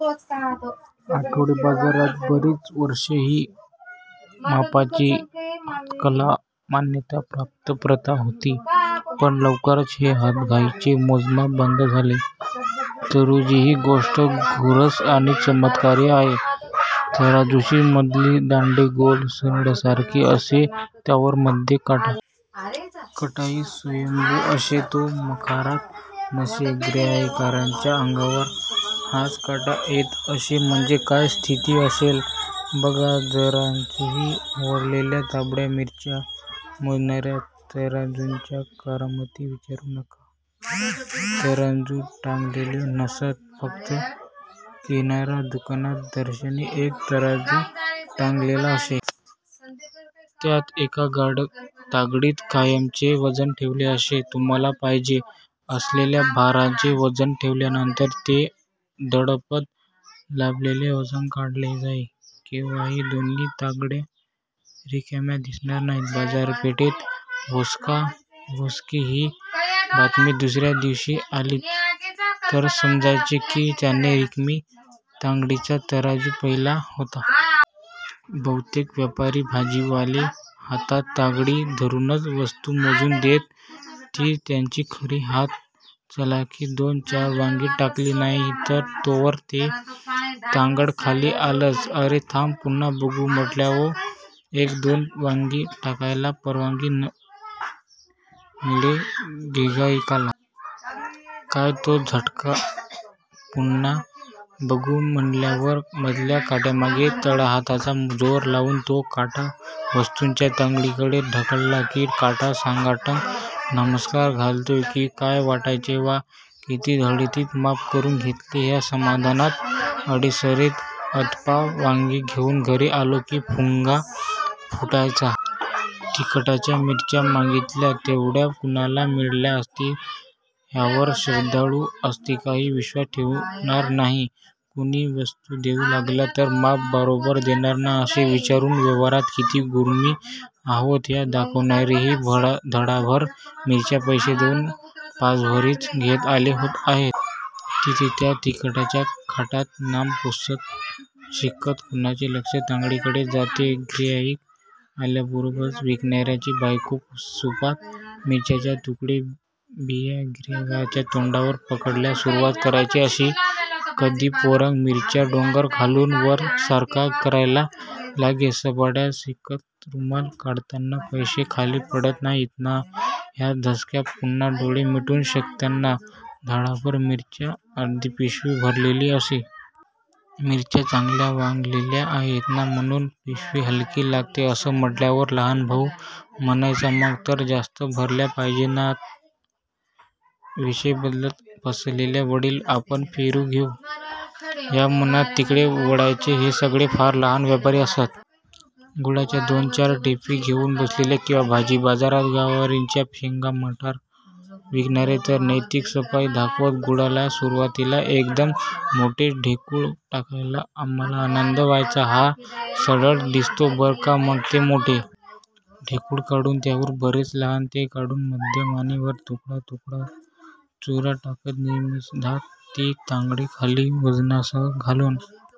आठवडे बाजारात बरीच वर्षे ही मापाची 'हस्तकला' मान्यता प्राप्त प्रथा होती. पण लवकरच हे हातघाईचे मोजमाप बंद झाले. तराजूंचीही गोष्ट सुरस आणि चमत्कारिक आहे. तराजूची मधली दांडी गोल सळईसारखी असे. त्यावर मध्ये काटा. काटाही स्वयंभू असे. तो मखरात नसे. गिऱ्हाईकाच्या अंगावर हाच काटा येत असे. म्हणजे काय स्थिती असेल बघा तराजूची! वाळलेल्या तांबड्या मिरच्या मोजणाऱ्या तराजूंच्या करामती विचारू नका. तराजू टांगलेले नसत. फक्त किराणा दुकानात दर्शनी एक तराजू टांगलेला असे. त्यात एका तागडीत कायमचे वजन ठेवलेले असे. तुम्हाला पाहिजे असलेल्या भाराचे वजन ठेवल्यानंतरच ते अढळपद लाभलेले वजन काढले जाई. केव्हाही दोन्ही तागड्या रिकाम्या दिसणार नाहीत. "बाजारपेठेत भोसकाऽऽ भोसकी" ही बातमी दुसऱ्या दिवशी आली तर समजायचे की त्याने रिकामी तागडीचा तराजू पाहिला होता! बहुतेक व्यापारी, भाजीवाले हातात तागडी धरूनच वस्तू मोजून देत. ती त्यांची खरी हात चलाखी. दोन चार वांगी टाकली नाहीत तोवर ते तागडं खाली आलंच. अरे थांब पुन्हा बघू म्हटल्याव एक दोन वांगी टाकायला परवानगी मिळे गिऱ्हाईकाला. काय तो झटका किंवा पुन्हा बघू म्हणल्यावर मधल्या काट्यामागे तळहाताचा जोर लावून तो काटा वस्तुच्या तागडीकडे ढकलला की काटा साष्टांग नमस्कार घालतोय की काय वाटायचे. वा! किती ढळढळीत माप करून घेतले ह्या समाधानात अडीसरीत अदपाव वांगी घेऊन घरी आलो की फुगा फुटायचा. तिखटाच्या मिरच्या मागितल्या तेव्हढ्या कुणाला मिळाल्या असतील ह्यावर श्रद्धाळू आस्तिकही विश्वास ठेवणार नाही. कुणी स्वस्त देऊ लागला तर माप बरोबर देणार ना? असे विचारून व्यवहारात किती मुरब्बी आहोत हे दाखवणारेही धडाभर मिरच्याचे पैसे देऊन पासरीभरच घेत आले आहेत! तिथे त्या तिखटाच्या खाटांत, नाक पुसत, शिंकत कुणाचे लक्ष तागडीकडे जातेय! गिऱ्हाईक आल्याबरोबरच विकणाऱ्याची बायको सुपात मिर्च्यांचे तुकडे बिया गिऱ्हाईकाच्या तोंडावर पाखडायला सुरुवात करायची. कधी पोरगं मिरच्याचा डोंगर खालून वर सारखा करायला लागे, साट्साट् शिंकत, रुमाल काढतांना पैशे खाली पडत नाहीत ना ह्या धसक्यात पुन्हा डोळे मिटून शिंकताना धडाभर मिरच्यांनी अर्धीपिशवी भरलेली असे. मिरच्या चांगल्या वाळलेल्या आहेत. ना, म्हणून पिशवी हलकी लागते असं म्हटल्यावर लहान भाऊ म्हणायचा, मग तर जास्तच भरल्या पाहिजेत ना? विषय बदलत, फसलेले वडील आपण पेरू घेऊ या म्हणत तिकडे वळायचे. हे सगळे फार लहान व्यापारी असत. गुळाच्या दोन चार ढेपी घेऊन बसलेले किंवा भाजी बाजारात गवारीच्या शेंगा, मटार विकणारे तर नैतिक सफाई दाखवत. गुळवाला सुरुवातीला एकदम मोठेच ढेकूळ टाकायचा. आम्हाला आनंद व्हायचा. हा सढळ दिसतो बरं का. मग ते मोठ्ठे ढेकूळ काढून त्याहून बरेच लहान, ते काढून मध्यम आणि वर तुकडा तुकडा, चुरा टाकत निमिषार्धात ती तागडी खाली वज्रासन घालून